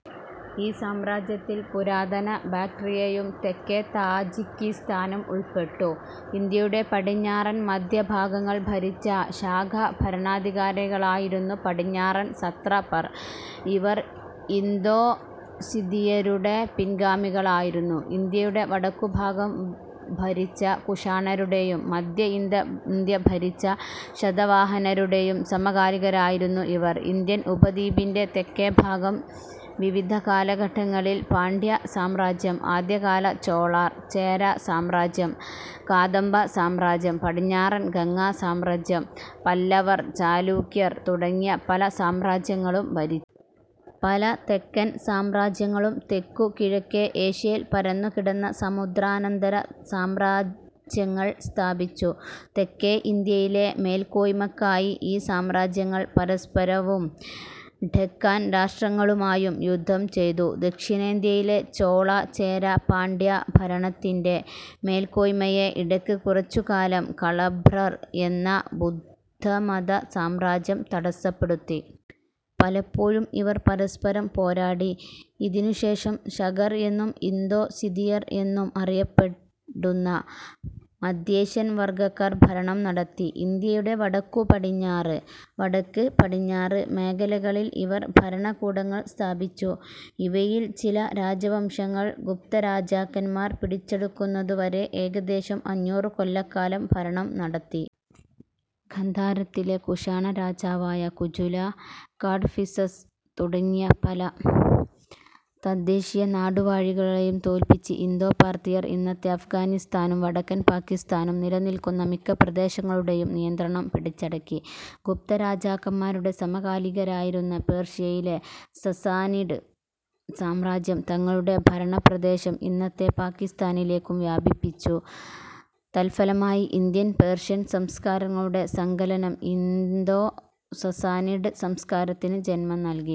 ഈ സാമ്രാജ്യത്തിൽ പുരാതന ബാക്ട്രിയയും തെക്കേ താജിക്കിസ്ഥാനും ഉൾപ്പെട്ടു. ഇന്ത്യയുടെ പടിഞ്ഞാറൻ, മദ്ധ്യ ഭാഗങ്ങൾ ഭരിച്ച ശാക ഭരണാധികാരികളായിരുന്നു പടിഞ്ഞാറൻ സത്രപർ. ഇവർ ഇന്തോ-സിഥിയരുടെ പിൻഗാമികളായിരുന്നു. ഇന്ത്യയുടെ വടക്കുഭാഗം ഭരിച്ച കുഷാണരുടെയും, മദ്ധ്യ ഇന്ത ഇന്ത്യ ഭരിച്ച ശതവാഹനരുടെയും സമകാലികരായിരുന്നു ഇവർ. ഇന്ത്യൻ ഉപദ്വീപിന്റെ തെക്കേ ഭാഗം, വിവിധ കാലഘട്ടങ്ങളിൽ, പാണ്ഡ്യ സാമ്രാജ്യം, ആദ്യകാല ചോളർ, ചേര സാമ്രാജ്യം, കാദംബ സാമ്രാജ്യം, പടിഞ്ഞാറൻ ഗംഗാ സാമ്രാജ്യം, പല്ലവർ, ചാലൂക്യർ തുടങ്ങിയ പല സാമ്രാജ്യങ്ങളും ഭരിച്ചു. പല തെക്കൻ സാമ്രാജ്യങ്ങളും തെക്കു കിഴക്കേ ഏഷ്യയിൽ പരന്നുകിടന്ന സമുദ്രാന്തര സാമ്രാജ്യങ്ങൾ സ്ഥാപിച്ചു. തെക്കേ ഇന്ത്യയിലെ മേൽക്കോയ്മയ്ക്കായി ഈ സാമ്രാജ്യങ്ങൾ പരസ്പരവും, ഡെക്കാൻ രാഷ്ട്രങ്ങളുമായും യുദ്ധം ചെയ്തു. ദക്ഷിണേന്ത്യയിലെ ചോള, ചേര, പാണ്ഡ്യ ഭരണത്തിന്റെ മേൽക്കോയ്മയെ ഇടയ്ക്ക് കുറച്ചുകാലം കളഭ്രർ എന്ന ബുദ്ധമത സാമ്രാജ്യം തടസ്സപ്പെടുത്തി. പലപ്പൊഴും ഇവർ പരസ്പരം പോരാടി. ഇതിനു ശേഷം ശകർ എന്നും ഇന്തോ-സിഥിയർ എന്നും അറിയപ്പെടുന്ന മദ്ധ്യേഷ്യൻ വർഗ്ഗക്കാർ ഭരണം നടത്തി. ഇന്ത്യയുടെ വടക്കു പടിഞ്ഞാറ്, വടക്ക്, പടിഞ്ഞാറ് മേഖലകളിൽ ഇവർ ഭരണകൂടങ്ങൾ സ്ഥാപിച്ചു. ഇവയിൽ ചില രാജവംശങ്ങൾ ഗുപ്തരാജാക്കാന്മാർ പിടിച്ചടക്കുന്നതുവരെ ഏകദേശം അഞ്ഞൂറു കൊല്ലക്കാലം ഭരണം നടത്തി. ഗാന്ധാരത്തിലെ കുശാണ രാജാവായ കുജുല കാഡ്ഫിസസ് തുടങ്ങിയ പല തദ്ദേശീയ നാടുവാഴികളെയും തോൽപ്പിച്ച് ഇന്തോ-പാർഥിയർ ഇന്നത്തെ അഫ്ഗാനിസ്ഥാനും വടക്കൻ പാകിസ്താനും നിലനിൽക്കുന്ന മിക്ക പ്രദേശങ്ങളുടെയും നിയന്ത്രണം പിടിച്ചടക്കി. ഗുപ്ത രാജാക്കന്മാരുടെ സമകാലികരായിരുന്ന പേർഷ്യയിലെ സസ്സാനിഡ് സാമ്രാജ്യം തങ്ങളുടെ ഭരണ പ്രദേശം ഇന്നത്തെ പാകിസ്താനിലേയ്ക്കും വ്യാപിപ്പിച്ചു. തത്ഫലമായി ഇന്ത്യൻ, പേർഷ്യൻ സംസ്കാരങ്ങളുടെ സങ്കലനം ഇന്തോ-സസ്സാനിഡ് സംസ്കാരത്തിന് ജന്മം നൽകി.